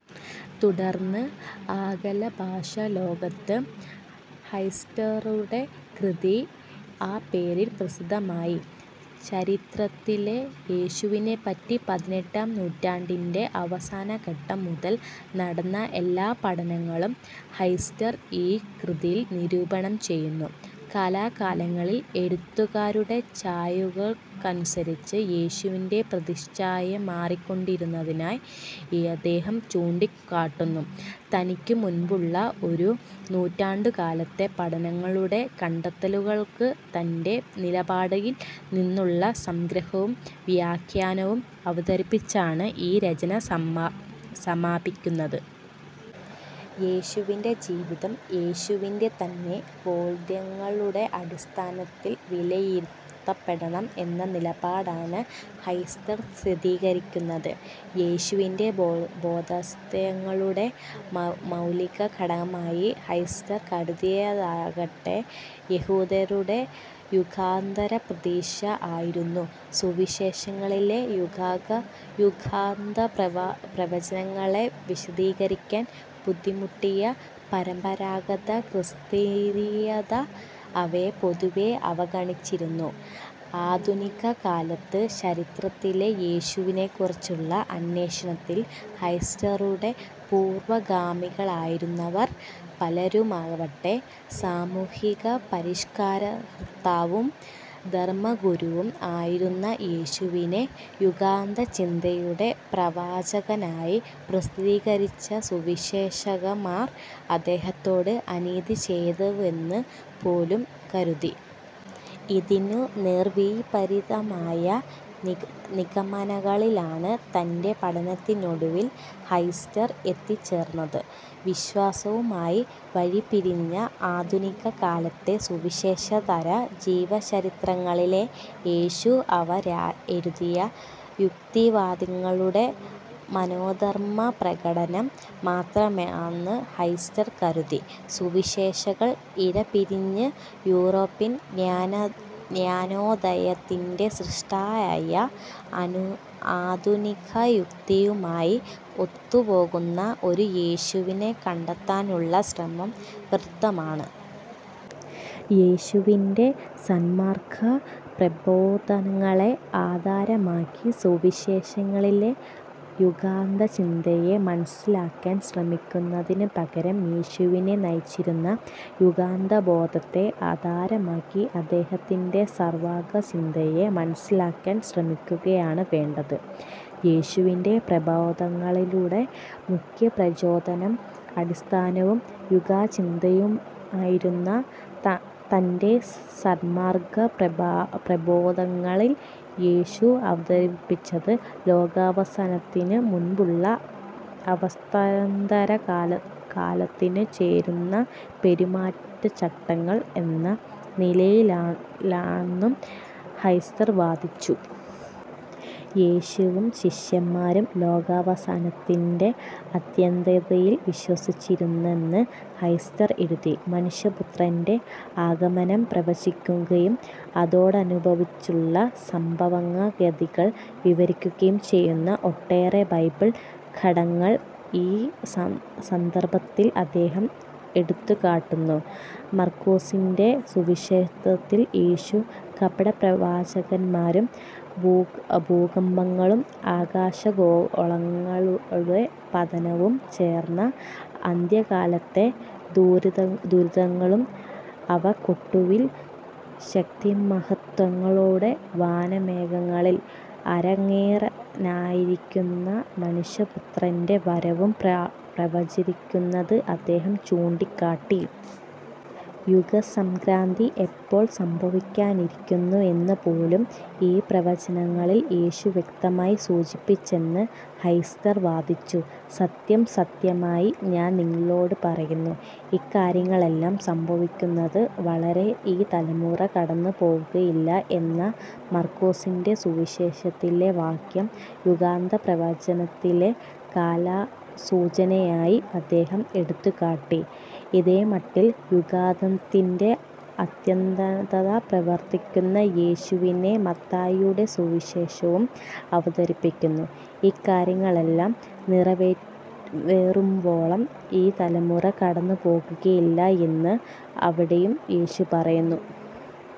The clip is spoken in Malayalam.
തുടർന്ന്, ആംഗലഭാഷ ലോകത്ത് ഷ്വൈറ്റ്സറുടെ കൃതി ആ പേരിൽ പ്രസിദ്ധമായി. ചരിത്രത്തിലെ യേശുവിനെപ്പറ്റി പതിനെട്ടാം നൂറ്റാണ്ടിന്റെ അവസാനഘട്ടം മുതൽ നടന്ന എല്ലാ പഠനങ്ങളും ഷ്വൈറ്റ്സർ ഈ കൃതിയിൽ നിരൂപണം ചെയ്യുന്നു. കാലാകാലങ്ങളിൽ എഴുത്തുകാരുടെ ചായ്വുകൾക്കനുസരിച്ച് യേശുവിന്റെ പ്രതിച്ഛായ മാറിക്കൊണ്ടിരുന്നതായി അദ്ദേഹം ചൂണ്ടിക്കാട്ടുന്നു. തനിക്കു മുൻപുള്ള ഒരു നൂറ്റാണ്ടുകാലത്തെ പഠനങ്ങളുടെ കണ്ടെത്തലുകൾക്ക് തന്റെ നിലപാടിൽ നിന്നുള്ള സംഗ്രഹവും വ്യാഖ്യാനവും അവതരിപ്പിച്ചാണ് ഈ രചന സമാപിക്കുന്നത്. യേശുവിന്റെ ജീവിതം യേശുവിന്റെ തന്നെ ബോദ്ധ്യങ്ങളുടെ അടിസ്ഥാനത്തിൽ വിലയിരുത്തപ്പെടണം എന്ന നിലപാടാണ് ഷ്വൈറ്റ്സർ സ്വീകരിക്കുന്നത്. യേശുവിന്റെ ബോദ്ധ്യങ്ങളുടെ മൗലികഘടകമായി ഷ്വൈറ്റ്സർ കരുതിയതാകട്ടെ, യഹൂദരുടെ യുഗാന്തപ്രതീക്ഷ ആയിരുന്നു. സുവിശേഷങ്ങളിലെ യുഗാന്തപ്രവചനങ്ങളെ വിശദീകരിക്കാൻ ബുദ്ധിമുട്ടിയ പരമ്പരാഗതക്രിസ്തീയത, അവയെ പൊതുവേ അവഗണിച്ചിരുന്നു. ആധുനികകാലത്ത് ചരിത്രത്തിലെ യേശുവിനെക്കുറിച്ചുള്ള അന്വേഷണത്തിൽ ഷ്വൈറ്റ്സറുടെ പൂർവഗാമികളായിരുന്നവർ പലരുമാകട്ടെ, സാമൂഹ്യപരിഷ്കർത്താവും ധർമ്മഗുരുവും ആയിരുന്ന യേശുവിനെ യുഗാന്തചിന്തയുടെ പ്രവാചകനായി ചിത്രീകരിച്ച സുവിശേഷകന്മാർ അദ്ദേഹത്തോട് അനീതിചെയ്തെന്നു പോലും കരുതി. ഇതിനു നേർവിപരീതമായ നിഗമനങ്ങളിലാണ് തന്റെ പഠനത്തിനൊടുവിൽ ഷ്വൈറ്റ്സർ എത്തിച്ചേർന്നത്. വിശ്വാസവുമായി വഴിപിരിഞ്ഞ ആധുനിക കാലത്തെ സുവിശേഷേതര ജീവചരിത്രങ്ങളിലെ യേശു, അവ എഴുതിയ യുക്തിവാദികളുടെ മനോധർമ്മപ്രകടനം മാത്രമാണെന്ന് ഷ്വൈറ്റ്സർ കരുതി. സുവിശേഷങ്ങൾ ഇഴ പിരിച്ച്, യൂറോപ്യൻ ജ്ഞാനോദയത്തിന്റെ സൃഷ്ടിയായ ആധുനികയുക്തിയുമായി ഒത്തുപോകുന്ന ഒരു യേശുവിനെ കണ്ടെത്താനുള്ള ശ്രമം വ്യർഥമാണ്. യേശുവിന്റെ സന്മാർഗ്ഗപ്രബോധനങ്ങളെ ആധാരമാക്കി സുവിശേഷങ്ങളിലെ യുഗാന്തചിന്തയെ മനസ്സിലാക്കാൻ ശ്രമിക്കുന്നതിനു പകരം യേശുവിനെ നയിച്ചിരുന്ന യുഗാന്തബോധത്തെ ആധാരമാക്കി അദ്ദേഹത്തിന്റെ സന്മാർഗ്ഗചിന്തയെ മനസ്സിലാക്കാൻ ശ്രമിക്കുകയാണ് വേണ്ടത്. യേശുവിന്റെ പ്രബോധനങ്ങളുടെ മുഖ്യ പ്രചോദനവും അടിസ്ഥാനവും യുഗാന്തചിന്തയായിരുന്നു. തന്റെ സന്മാർഗ്ഗപ്രബോധനങ്ങൾ യേശു അവതരിപ്പിച്ചത് ലോകാവസാനത്തിനു മുൻപുള്ള അവസ്ഥാന്തരകാലത്തിനു ചേരുന്ന പെരുമാറ്റചട്ടങ്ങൾ എന്ന നിലയിലാണെന്നും ഷ്വൈറ്റ്സർ വാദിച്ചു. യേശുവും ശിഷ്യന്മാരും ലോകാവസാനത്തിന്റെ അത്യാസന്നതയിൽ വിശ്വസിച്ചിരുന്നെന്ന് ഷ്വൈറ്റ്സർ എഴുതി. 'മനുഷ്യപുത്രന്റെ' ആഗമനം പ്രവചിക്കുകയും അതോടനുബന്ധിച്ചുള്ള സംഭവഗതികൾ വിവരിക്കുകയും ചെയ്യുന്ന ഒട്ടേറെ ബൈബിൾ ഖണ്ഡങ്ങൾ ഈ സന്ദർഭത്തിൽ അദ്ദേഹം എടുത്തുകാട്ടുന്നു. മർക്കോസിന്റെ സുവിശേഷത്തിൽ യേശു, കപടപ്രവാചകന്മാരും, ഭൂകമ്പങ്ങളും, ആകാശഗോളങ്ങളുടെ പതനവും, ചേർന്ന അന്ത്യകാലത്തെ "ദുരിതങ്ങളും" അവക്കൊടുവിൽ "ശക്തിമഹത്ത്വങ്ങളോടെ വാനമേഘങ്ങളിൽ" അരങ്ങേറാനിരിക്കുന്ന മനുഷ്യപുത്രന്റെ വരവും പ്രവചിക്കുന്നത് അദ്ദേഹം ചൂണ്ടിക്കാട്ടി. യുഗസംക്രാന്തി എപ്പോൾ സംഭവിക്കാനിരിക്കുന്നു എന്നു പോലും ഈ പ്രവചനങ്ങളിൽ യേശു വ്യക്തമായി സൂചിപ്പിച്ചെന്ന് ഷ്വൈറ്റ്സർ വാദിച്ചു: "സത്യം സത്യമായി ഞാൻ നിങ്ങളോടു പറയുന്നു, ഇക്കാര്യങ്ങളെല്ലാം സംഭവിക്കുന്നതു വരെ ഈ തലമുറ കടന്നു പോവുകയില്ല" എന്ന മർക്കോസിന്റെ സുവിശേഷത്തിലെ വാക്യം യുഗാന്ത്യപ്രവചനത്തിലെ കാലസൂചനയായി അദ്ദേഹം എടുത്തുകാട്ടി. ഇതേമട്ടിൽ യുഗാന്ത്യത്തിന്റെ അത്യാസന്നത പ്രവചിക്കുന്ന യേശുവിനെ മത്തായിയുടെ സുവിശേഷവും അവതരിപ്പിക്കുന്നു: "ഇക്കാര്യങ്ങളെല്ലാം നിറവേറുവോളം ഈ തലമുറ കടന്നുപോവുകയില്ല" എന്ന് അവിടെയും യേശു പറയുന്നു.